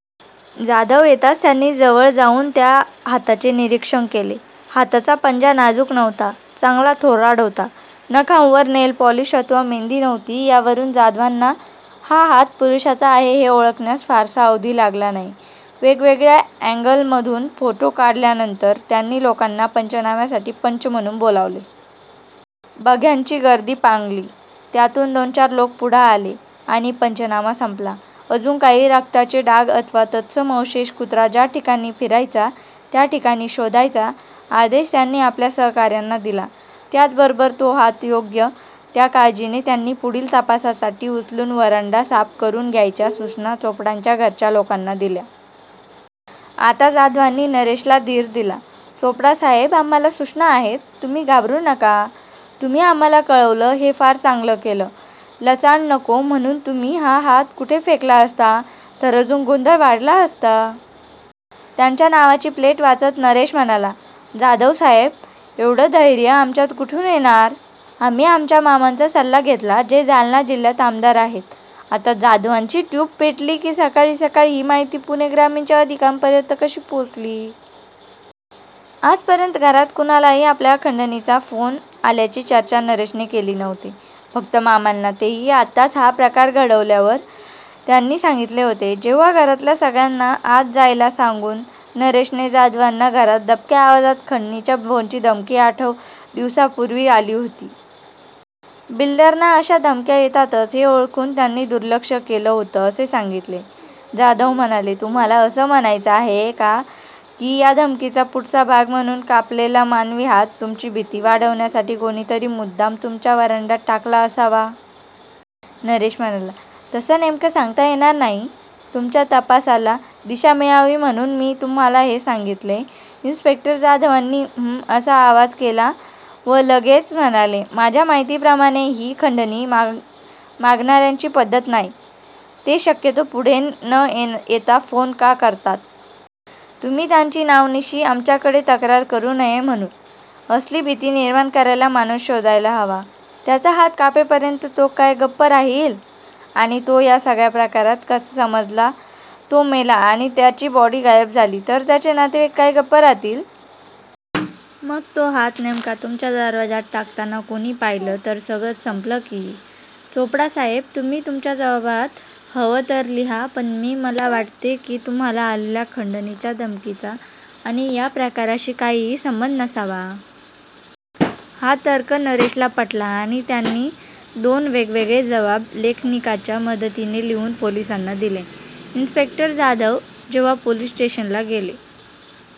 जाधव येताच त्यांनी जवळजाऊन त्या हाताचे निरीक्षण केले. हाताचा पंजा नाजुक नव्हता. चांगला थोराड होता. नखांवर नेलपॉलिश अथवा मेंदी नव्हती यावरुन जाधवांना हा हात पुरुषाचा आहे हे ओळखण्यास फारसा अवधी लागला नाही. वेगवेगळ्या ॲगल मधुन फोटो काढल्यानंतर त्यांनी लोकांना पंचनाम्यासाठी पंच म्हणुन बोलावले. बघ्यांची गर्दी पांगली. त्यातुन दोनचार लोक पुढे आले, आणि पंचनामा संपला. अजुन काही रक्ताचे डाग अथवा तत्सम अवशेष कुत्रा ज्या ठिकाणी फिरायचा त्या ठिकाणी शोधायचा आदेश त्यांनी आपल्या सहकार्यांना दिला. त्याच बरोबर तो हात योग्य त्या काळजीने त्यांनी पुढील तपासासाठी उचलुन व्हरांडा साफ करुन घ्यायच्या सुचना चोपडांच्या घरच्या लोकांना दिल्या. आता जाधवांनी नरेशला धीर दिला. चोपडासाहेब आम्हाला सुचना आहेत. तुम्ही घाबरु नका. तुम्ही आम्हाला कळवल हे फार चांगल केल. लचांड नको म्हणुन तुम्ही हा हात कुठे फेकला असता तर अजुन गोंधळ वाढला असता. त्यांच्या नावाची प्लेट वाचत नरेश म्हणाला जाधवसाहेब येव्हड धैर्य आमच्यात कुठुन येणार? आम्ही आमच्या मामांचा सल्ला घेतला जे जालना जिल्हयात आमदार आहेत. आत्ता जाधवांची ट्युब पेटली की सकाळी सकाळी ही माहिती पुणे ग्रामीणच्या अधिक्षकांपर्यत कशी पोचली? आजपर्यत घरात कुणालाही आपल्याला खंडणीचा फोन आल्याची चर्चा नरेशने केली नव्हती. फक्त मामांना तेही आत्ताच हा प्रकार घडल्यावर त्यांनी सांगीतले होते. जेव्हा घरातल्या सगळ्यांना आत जायला सांगुन नरेशने जाधवांना घरात दबक्या आवाजात खंडणीच्या फोनची धमकी आठच दिवसापुर्वी आली होती. बिल्डरना अश्या धमक्या येतातच हे ओळखुन त्यांनी दुर्लक्ष केल होत असे सांगीतले. जाधव म्हणाले तुम्हाला अस म्हणायच आहे का की या धमकीचा पुढचा भाग म्हणुन हा कापलेला मानवी हात तुमची भिती वाढवण्यासाठी कोणीतरी मुद्दाम तुमच्या व्हरांड्यात टाकला असावा? नरेश म्हणाला तस नेमक सांगता येणार नाही. तुमच्या तपासाला दिशा मिळावी म्हणुन मी तुम्हाला हे सांगीतले. इन्सपेक्टर जाधवांनी हम असा आवाज केला व लगेच म्हणाले माझ्या माहितीप्रमाणे ही खंडणी मागणार्यांची पध्दत नाही. ते शक्यतो पुढे न येता फोन का करतात? तुम्ही त्यांची नावानिशी आमच्याकडे तक्रार करु नये म्हणुन. असली भिती निर्माण करायला माणुस शोधायला हवा, त्याचा हात कापेपर्यत तो काय गप्प राहील? आणि तो या सगळ्याप्रकारात समजा तो मेला आणि त्याची बॉडी गायब झाली तर त्याचे नातेवाईक काय गप्प राहतील? मग तो हात नेमका तुमच्या दरवाज्यात टाकताना कोणी पाहिल तर सगळच संपल की. चोपडा साहेब तुम्ही तुमच्या जबाबात हव तर लिहा पण मी मला वाटते की तुम्हाला आलेल्या खंडणीच्या धमकीचा आणी या प्रकाराशी काहिही संबंध नसावा. हा तर्क नरेशला पटला आणि त्यांनी दोन वेगवेगळे जबाब लेखनिकाच्या मदतीने लिहुन पोलिसांना दिले. इन्सपेक्टर जाधव जेव्हा पोलीस स्टेशनला गेले.